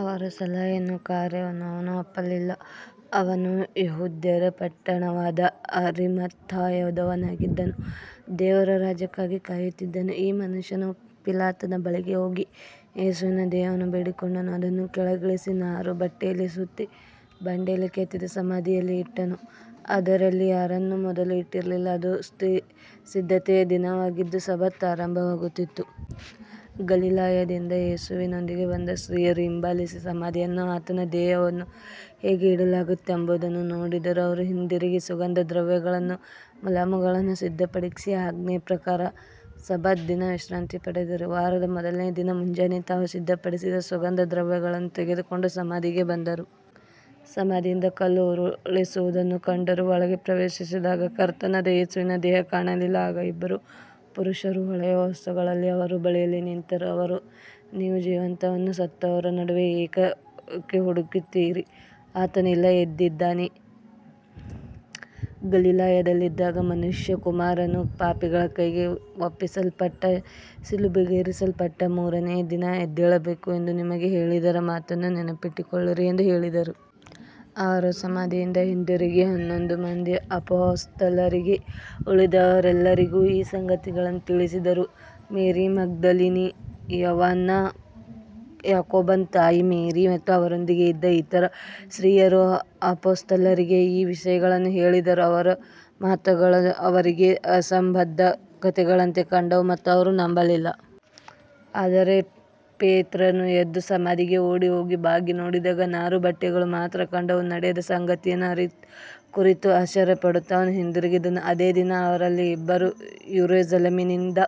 ಅವರ ಸಲಹೆಯನ್ನೂ ಕಾರ್ಯವನ್ನೂ ಅವನು ಒಪ್ಪಲಿಲ್ಲ. ಅವನು ಯಹೂದ್ಯರ ಪಟ್ಟಣವಾದ ಅರಿಮಥಾಯದವನಾಗಿದ್ದು, ದೇವರ ರಾಜ್ಯಕ್ಕಾಗಿ ಕಾಯುತ್ತಿದ್ದನು. ಈ ಮನುಷ್ಯನು ಪಿಲಾತನ ಬಳಿಗೆ ಹೋಗಿ ಯೇಸುವಿನ ದೇಹವನ್ನು ಬೇಡಿಕೊಂಡನು. ಅದನ್ನು ಕೆಳಗಿಳಿಸಿ ನಾರುಬಟ್ಟೆಯಲ್ಲಿ ಸುತ್ತಿ, ಬಂಡೆಯಲ್ಲಿ ಕೆತ್ತಿದ ಸಮಾಧಿಯಲ್ಲಿ ಇಟ್ಟನು. ಅದರಲ್ಲಿ ಯಾರನ್ನೂ ಮೊದಲು ಇಟ್ಟಿರಲಿಲ್ಲ. ಅದು ಸಿದ್ಧತೆಯ ದಿನವಾಗಿದ್ದು ಸಬ್ಬತ್ ಆರಂಭವಾಗುತ್ತಿತ್ತು. ಗಲಿಲಾಯದಿಂದ ಯೇಸುವಿನೊಂದಿಗೆ ಬಂದ ಸ್ತ್ರೀಯರು ಹಿಂಬಾಲಿಸಿ, ಸಮಾಧಿಯನ್ನೂ ಆತನ ದೇಹವನ್ನು ಹೇಗೆ ಇಡಲಾಗಿತ್ತೆಂಬುದನ್ನೂ ನೋಡಿದರು. ಅವರು ಹಿಂದಿರುಗಿ ಸುಗಂಧ ದ್ರವ್ಯಗಳನ್ನೂ ಮುಲಾಮುಗಳನ್ನೂ ಸಿದ್ಧಪಡಿಸಿ, ಆಜ್ಞೆಯ ಪ್ರಕಾರ ಸಬ್ಬತ್ ದಿನ ವಿಶ್ರಾಂತಿ ಪಡೆದರು. ವಾರದ ಮೊದಲನೆಯ ದಿನ ಮುಂಜಾನೆ, ತಾವು ಸಿದ್ಧಪಡಿಸಿದ ಸುಗಂಧ ದ್ರವ್ಯಗಳನ್ನು ತೆಗೆದುಕೊಂಡು ಸಮಾಧಿಗೆ ಬಂದರು. ಸಮಾಧಿಯಿಂದ ಕಲ್ಲು ಉರುಳಿಸಿರುವುದನ್ನು ಕಂಡರು. ಒಳಗೆ ಪ್ರವೇಶಿಸಿದಾಗ ಕರ್ತನಾದ ಯೇಸುವಿನ ದೇಹ ಕಾಣಲಿಲ್ಲ. ಆಗ ಇಬ್ಬರು ಪುರುಷರು ಹೊಳೆಯುವ ವಸ್ತ್ರಗಳಲ್ಲಿ ಅವರ ಬಳಿಯಲ್ಲಿ ನಿಂತರು. ಅವರು, ನೀವು ಜೀವಂತನನ್ನು ಸತ್ತವರ ನಡುವೆ ಏಕೆ ಹುಡುಕುತ್ತೀರಿ. ಆತನು ಇಲ್ಲ, ಎದ್ದಿದ್ದಾನೆ. ಗಲಿಲಾಯದಲ್ಲಿದ್ದಾಗ ಮನುಷ್ಯಕುಮಾರನು ಪಾಪಿಗಳ ಕೈಗೆ ಒಪ್ಪಿಸಲ್ಪಟ್ಟು ಶಿಲುಬೆಗೇರಿಸಲ್ಪಟ್ಟು ಮೂರನೆಯ ದಿನ ಎದ್ದೇಳಬೇಕು ಎಂದು ನಿಮಗೆ ಹೇಳಿದ ಮಾತನ್ನು ನೆನಪಿಸಿಕೊಳ್ಳಿರಿ ಎಂದು ಹೇಳಿದರು. ಅವರು ಸಮಾಧಿಯಿಂದ ಹಿಂದಿರುಗಿ ಹನ್ನೊಂದು ಮಂದಿ ಅಪೊಸ್ತಲರಿಗೂ ಉಳಿದವರೆಲ್ಲರಿಗೂ ಈ ಸಂಗತಿಗಳನ್ನು ತಿಳಿಸಿದರು. ಮೇರಿ ಮಗ್ದಲಿನಿ, ಯೋವಾನ್ನಾ, ಯಾಕೋಬನ ತಾಯಿ ಮೇರಿ ಮತ್ತು ಅವರೊಂದಿಗೆ ಇದ್ದ ಇತರ ಸ್ತ್ರೀಯರು ಅಪೊಸ್ತಲರಿಗೆ ಈ ವಿಷಯಗಳನ್ನು ಹೇಳಿದರು. ಅವರ ಮಾತುಗಳು ಅವರಿಗೆ ಅಸಂಬದ್ಧ ಕಥೆಗಳಂತೆ ಕಂಡವು ಮತ್ತು ಅವರು ನಂಬಲಿಲ್ಲ. ಆದರೆ ಪೇತ್ರನು ಎದ್ದು ಸಮಾಧಿಗೆ ಓಡಿಹೋಗಿ ಬಾಗಿ ನೋಡಿದಾಗ ನಾರುಬಟ್ಟೆಗಳು ಮಾತ್ರ ಕಂಡವು. ನಡೆದ ಸಂಗತಿಯನ್ನು ಕುರಿತು ಆಶ್ಚರ್ಯಪಡುತ್ತಾ ಅವನು ಹಿಂದಿರುಗಿದನು. ಅದೇ ದಿನ ಅವರಲ್ಲಿ ಇಬ್ಬರು ಯೆರೂಸಲೇಮಿನಿಂದ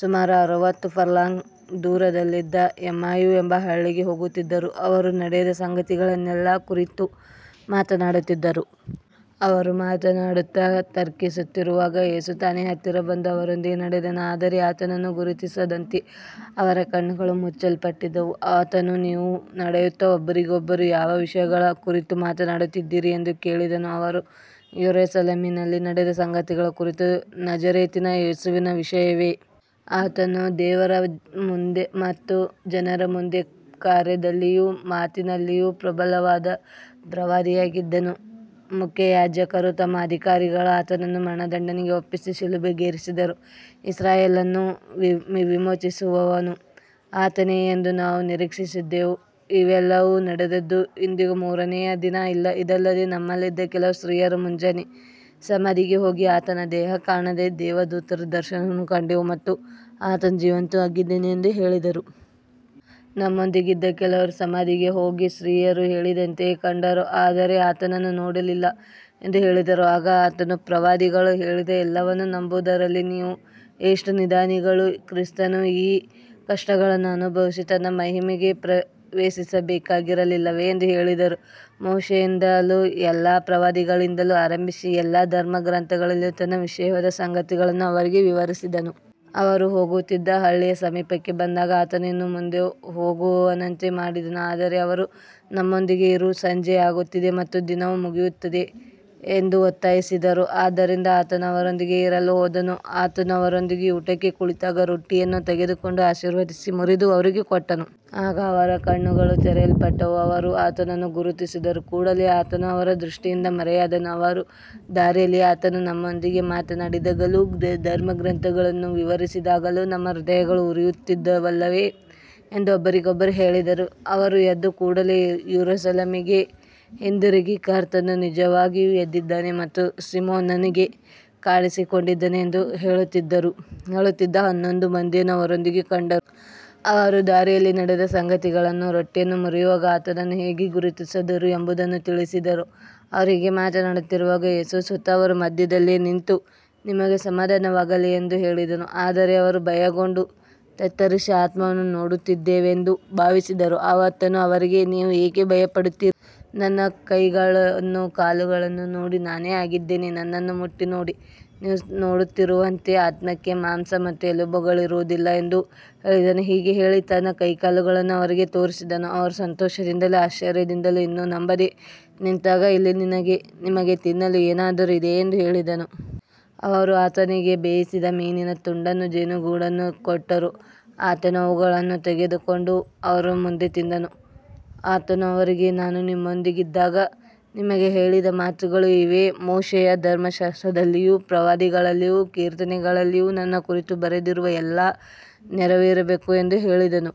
ಸುಮಾರು ಅರವತ್ತು ಫರ್ಲಾಂಗ್ ದೂರದಲ್ಲಿದ್ದ ಎಮ್ಮಾಯು ಎಂಬ ಹಳ್ಳಿಗೆ ಹೋಗುತ್ತಿದ್ದರು. ಅವರು ನಡೆದ ಸಂಗತಿಗಳನ್ನೆಲ್ಲ ಕುರಿತು ಮಾತನಾಡುತ್ತಿದ್ದರು. ಅವರು ಮಾತನಾಡುತ್ತಾ ತರ್ಕಿಸುತ್ತಿರುವಾಗ ಯೇಸು ತಾನೇ ಹತ್ತಿರ ಬಂದು ಅವರೊಂದಿಗೆ ನಡೆದನು. ಆದರೆ ಆತನನ್ನು ಗುರುತಿಸದಂತೆ ಅವರ ಕಣ್ಣುಗಳು ಮುಚ್ಚಲ್ಪಟ್ಟಿದ್ದವು. ಆತನು, ನೀವು ನಡೆಯುತ್ತಾ ಒಬ್ಬರಿಗೊಬ್ಬರು ಯಾವ ವಿಷಯಗಳ ಕುರಿತು ಮಾತನಾಡುತ್ತಿದ್ದೀರಿ ಎಂದು ಕೇಳಿದನು. ಅವರು, ಯೆರೂಸಲೇಮಿನಲ್ಲಿ ನಡೆದ ಸಂಗತಿಗಳ ಕುರಿತು. ನಜರೇತಿನ ಯೇಸುವಿನ ವಿಷಯವೇ. ಆತನು ದೇವರ ಮತ್ತು ಜನರ ಮುಂದೆ ಕಾರ್ಯದಲ್ಲಿಯೂ ಮಾತಿನಲ್ಲಿಯೂ ಪ್ರಬಲವಾದ ಪ್ರವಾದಿಯಾಗಿದ್ದನು. ಮುಖ್ಯಯಾಜಕರೂ ನಮ್ಮ ಅಧಿಕಾರಿಗಳೂ ಆತನನ್ನು ಮರಣದಂಡನೆಗೆ ಒಪ್ಪಿಸಿ ಶಿಲುಬೆಗೇರಿಸಿದರು. ಇಸ್ರಾಯೇಲನ್ನು ವಿಮೋಚಿಸುವವನು ಆತನೇ ಎಂದು ನಾವು ನಿರೀಕ್ಷಿಸಿದ್ದೆವು. ಇವೆಲ್ಲವೂ ನಡೆದದ್ದು ಇಂದಿಗೆ ಮೂರನೆಯ ದಿನ. ಇದಲ್ಲದೆ ನಮ್ಮಲ್ಲಿದ್ದ ಕೆಲವು ಸ್ತ್ರೀಯರು ಮುಂಜಾನೆ ಸಮಾಧಿಗೆ ಹೋಗಿ, ಆತನ ದೇಹ ಕಾಣದೆ, ದೇವದೂತರ ದರ್ಶನವನ್ನು ಕಂಡೆವು ಮತ್ತು ಆತನು ಜೀವಂತನಾಗಿದ್ದಾನೆ ಎಂದು ಹೇಳಿದರು. ನಮ್ಮೊಂದಿಗಿದ್ದ ಕೆಲವರು ಸಮಾಧಿಗೆ ಹೋಗಿ ಸ್ತ್ರೀಯರು ಹೇಳಿದಂತೆಯೇ ಕಂಡರು, ಆದರೆ ಆತನನ್ನು ನೋಡಲಿಲ್ಲ ಎಂದು ಹೇಳಿದರು. ಆಗ ಆತನು, ಪ್ರವಾದಿಗಳು ಹೇಳಿದ ಎಲ್ಲವನ್ನೂ ನಂಬುವುದರಲ್ಲಿ ನೀವು ಎಷ್ಟು ನಿಧಾನಿಗಳು. ಕ್ರಿಸ್ತನು ಈ ಕಷ್ಟಗಳನ್ನು ಅನುಭವಿಸಿ ತನ್ನ ಮಹಿಮೆಗೆ ಪ್ರವೇಶಿಸಬೇಕಾಗಿರಲಿಲ್ಲವೇ ಎಂದು ಹೇಳಿ, ಮೋಶೆಯಿಂದಲೂ ಎಲ್ಲಾ ಪ್ರವಾದಿಗಳಿಂದಲೂ ಆರಂಭಿಸಿ ಎಲ್ಲಾ ಧರ್ಮಗ್ರಂಥಗಳಲ್ಲಿ ತನ್ನ ವಿಷಯವಾದ ಸಂಗತಿಗಳನ್ನು ಅವರಿಗೆ ವಿವರಿಸಿದನು. ಅವರು ಹೋಗುತ್ತಿದ್ದ ಹಳ್ಳಿಯ ಸಮೀಪಕ್ಕೆ ಬಂದಾಗ ಆತನು ಇನ್ನೂ ಮುಂದೆ ಹೋಗುವವನಂತೆ ಮಾಡಿದನು. ಆದರೆ ಅವರು, ನಮ್ಮೊಂದಿಗೆ ಇರು, ಸಂಜೆಯಾಗುತ್ತಿದೆ ಮತ್ತು ದಿನವು ಮುಗಿಯುತ್ತಿದೆ ಎಂದು ಒತ್ತಾಯಿಸಿದರು. ಆದ್ದರಿಂದ ಆತನು ಅವರೊಂದಿಗೆ ಇರಲು ಹೋದನು. ಆತನು ಅವರೊಂದಿಗೆ ಊಟಕ್ಕೆ ಕುಳಿತಾಗ ರೊಟ್ಟಿಯನ್ನು ತೆಗೆದುಕೊಂಡು ಆಶೀರ್ವದಿಸಿ ಮುರಿದು ಅವರಿಗೆ ಕೊಟ್ಟನು. ಆಗ ಅವರ ಕಣ್ಣುಗಳು ತೆರೆಯಲ್ಪಟ್ಟು ಅವರು ಆತನನ್ನು ಗುರುತಿಸಿದರು. ಕೂಡಲೇ ಆತನು ಅವರ ದೃಷ್ಟಿಯಿಂದ ಮರೆಯಾದನು. ಅವರು, ದಾರಿಯಲ್ಲಿ ಆತನು ನಮ್ಮೊಂದಿಗೆ ಮಾತನಾಡಿದಾಗಲೂ ಧರ್ಮಗ್ರಂಥಗಳನ್ನು ವಿವರಿಸಿದಾಗಲೂ ನಮ್ಮ ಹೃದಯಗಳು ಉರಿಯುತ್ತಿದ್ದವಲ್ಲವೇ ಎಂದು ಒಬ್ಬರಿಗೊಬ್ಬರು ಹೇಳಿದರು. ಅವರು ಎದ್ದು ಕೂಡಲೇ ಯೆರೂಸಲೇಮಿಗೆ ಹಿಂದಿರುಗಿ, ಕರ್ತನು ನಿಜವಾಗಿಯೂ ಎದ್ದಿದ್ದಾನೆ ಮತ್ತು ಸೀಮೋನನಿಗೆ ಕಾಣಿಸಿಕೊಂಡಿದ್ದಾನೆ ಎಂದು ಹೇಳುತ್ತಿದ್ದ ಹನ್ನೊಂದು ಮಂದಿಯನ್ನೂ ಅವರೊಂದಿಗಿದ್ದವರನ್ನೂ ಕಂಡರು. ಅವರೂ ದಾರಿಯಲ್ಲಿ ನಡೆದ ಸಂಗತಿಗಳನ್ನೂ ರೊಟ್ಟಿಯನ್ನು ಮುರಿಯುವಾಗ ಆತನನ್ನು ಹೇಗೆ ಗುರುತಿಸಿದರು ಎಂಬುದನ್ನೂ ತಿಳಿಸಿದರು. ಅವರು ಹೀಗೆ ಮಾತನಾಡುತ್ತಿರುವಾಗ ಯೇಸು ಸ್ವತಃ ಅವರ ಮಧ್ಯದಲ್ಲಿ ನಿಂತು, ನಿಮಗೆ ಸಮಾಧಾನವಾಗಲಿ ಎಂದು ಹೇಳಿದನು. ಆದರೆ ಅವರು ಭಯಗೊಂಡು ತತ್ತರಿಸಿ, ಆತ್ಮವನ್ನು ನೋಡುತ್ತಿದ್ದೇವೆಂದು ಭಾವಿಸಿದರು. ಆತನು ಅವರಿಗೆ, ನೀವು ಏಕೆ ಭಯಪಡುತ್ತೀರಿ. ನನ್ನ ಕೈಗಳನ್ನೂ ಕಾಲುಗಳನ್ನೂ ನೋಡಿ, ನಾನೇ ಆಗಿದ್ದೇನೆ. ನನ್ನನ್ನು ಮುಟ್ಟಿ ನೋಡಿ. ನೀವು ನೋಡುತ್ತಿರುವಂತೆ ಆತ್ಮಕ್ಕೆ ಮಾಂಸ ಮತ್ತು ಎಲುಬುಗಳಿರುವುದಿಲ್ಲ ಎಂದು ಹೇಳಿದನು. ಹೀಗೆ ಹೇಳಿ ತನ್ನ ಕೈಕಾಲುಗಳನ್ನು ಅವರಿಗೆ ತೋರಿಸಿದನು. ಅವರು ಸಂತೋಷದಿಂದಲೂ ಆಶ್ಚರ್ಯದಿಂದಲೂ ಇನ್ನೂ ನಂಬದೆ ನಿಂತಾಗ, ಇಲ್ಲಿ ನಿಮಗೆ ತಿನ್ನಲು ಏನಾದರೂ ಇದೆಯೇ ಎಂದು ಕೇಳಿದನು. ಅವರು ಆತನಿಗೆ ಬೇಯಿಸಿದ ಮೀನಿನ ತುಂಡನ್ನೂ ಜೇನುಗೂಡನ್ನೂ ಕೊಟ್ಟರು. ಆತನು ಅವುಗಳನ್ನು ತೆಗೆದುಕೊಂಡು ಅವರ ಮುಂದೆ ತಿಂದನು. ಆತನು ಅವರಿಗೆ, ನಾನು ನಿಮ್ಮೊಂದಿಗಿದ್ದಾಗ ನಿಮಗೆ ಹೇಳಿದ ಮಾತುಗಳು ಇವೇ. ಮೋಶೆಯ ಧರ್ಮಶಾಸ್ತ್ರದಲ್ಲಿಯೂ ಪ್ರವಾದಿಗಳಲ್ಲಿಯೂ ಕೀರ್ತನೆಗಳಲ್ಲಿಯೂ ನನ್ನ ಕುರಿತು ಬರೆದಿರುವ ಎಲ್ಲವೂ ನೆರವೇರಬೇಕು ಎಂದು ಹೇಳಿದನು.